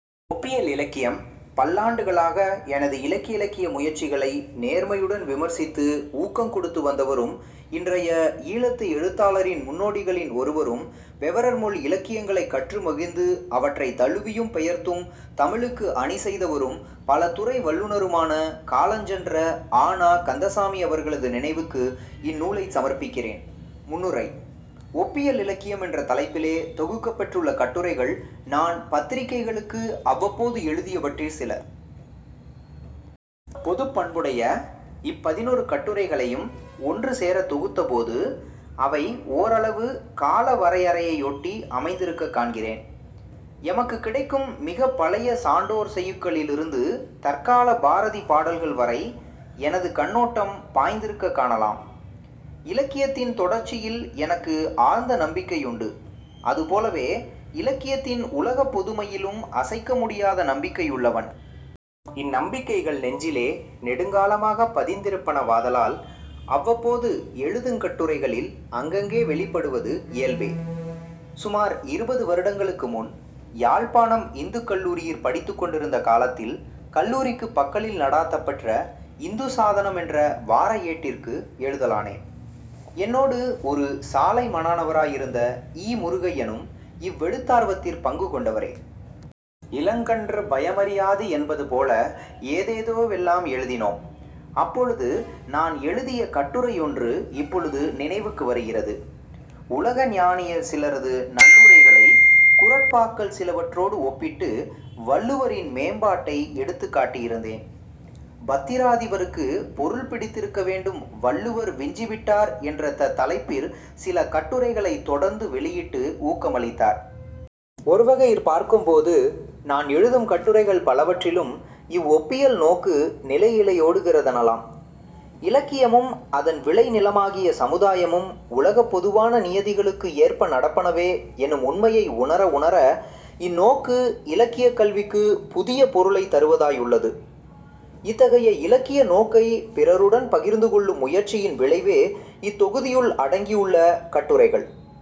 ஒப்பியல் இலக்கியம் பல்லாண்டுகளாக எனது இலக்குஇலக்கிய முயற்சிகளை நேர்மையுடன் விமர்சித்து ஊக்கங் கொடுத்து வந்தவரும் இன்றைய ஈழத்து எழுத்தாளரின் முன்னோடிகளின் ஒருவரும் பிறர்மொழியிலக்கியங்களைக் கற்று மகிழ்ந்து அவற்றைத் தழுவியும் பெயர்த்தும் தமிழுக்கு அணிசெய்தவரும், பல துறை வல்லுநருமான காலஞ்சென்ற அ. ந. கந்தசாமி அவர்களது நினைவுக்கு இந்நூலைச் சமர்ப்பிக்கிறேன் முன்னுரை 'ஒப்பியல் இலக்கியம்' என்ற தலைப்பிலே தொகுக்கப் பெற்றுள்ள கட்டுரைகள் நான் பத்திரிகைகளுக்கு அவ்வப்போது எழுதியவற்றிற் சில. பொதுப்பண்புடைய இப்பதினொரு கட்டுரைகளையும் ஒன்று சேரத்தொகுத்தபோது அவை ஓரளவு காலவரையறையையொட்டி அமைந்திருக்கக் காண்கிறேன். எமக்குக் கிடைக்கும் மிகப் பழைய சான்றோர் செய்யுட்களிலிருந்து தற்காலப் பாரதி பாடல்கள் வரை எனது கண்ணோட்டம் பாய்ந்திருக்கக் காணலாம். இலக்கியத்தின் தொடர்ச்சியில் எனக்கு ஆழ்ந்த நம்பிக்கையுண்டு. அது போலவே இலக்கியத்தின் உலகப் பொதுமையிலும் அசைக்க முடியாத நம்பிக்கையுள்ளவன். இந்நம்பிக்கைகள் நெஞ்சிலே நெடுங்காலமாகப் பதிந்திருப்பனவாதலால் அவ்வப்போது எழுதுங்கட்டுரைகளில் அங்கங்கே வௌிப்படுவது இயல்பே. சுமார் இருபது வருடங்களுக்கு முன் யாழ்ப்பாணம் இந்துக் கல்லூரியிற் படித்துக் கொண்டிருந்த காலத்தில் கல்லூரிக்குப் பக்கலில் நடாத்தப்பெற்ற இந்துசாதனம் என்ற வார ஏட்டிற்கு எழுதலானேன். என்னோடு ஒரு சாலை மாணவராயிருந்த இ. முருகையனும் இவ்வெழுத்தார்வத்திற் பங்கு கொண்டவரே. இளங்கன்று பயமறியாது என்பது போல ஏதேதோவெல்லாம் எழுதினோம். அப்பொழுது நான் எழுதிய கட்டுரையொன்று இப்பொழுது நினைவுக்கு வருகிறது. உலக ஞானியர் சிலரது நல்லுரைகளைக் குறட்பாக்கள் சிலவற்றோடு ஒப்பிட்டு வள்ளுவரின் மேம்பாட்டை எடுத்துக் காட்டியிருந்தேன். பத்திராதிபருக்கு பொருள் பிடித்திருக்கவேண்டும்; 'வள்ளுவர் விஞ்சி விட்டார்' என்ற தலைப்பிற் சில கட்டுரைகளைத் தொடர்ந்து வௌியிட்டு ஊக்கமளித்தார். ஒருவகையிற் பார்க்கும் போது நான் எழுதும் கட்டுரைகள் பலவற்றிலும் இவ்வொப்பியல் நோக்கு நிலை இழையோடுகிறதெனலாம். இலக்கியமும் அதன் விளை நிலமாகிய சமுதாயமும் உலகப்பொதுவான நியதிகளுக்கு ஏற்ப நடப்பனவே என்னும் உண்மையை உணர உணர இந்நோக்கு இலக்கியக் கல்விக்குப் புதிய பொருளைத் தருவதாயுள்ளது. இத்தகைய இலக்கிய நோக்கைப் பிறருடன் பகிர்ந்து கொள்ளும் முயற்சியின் விளைவே இத்தொகுதியுள் அடங்கியுள்ள கட்டுரைகள்.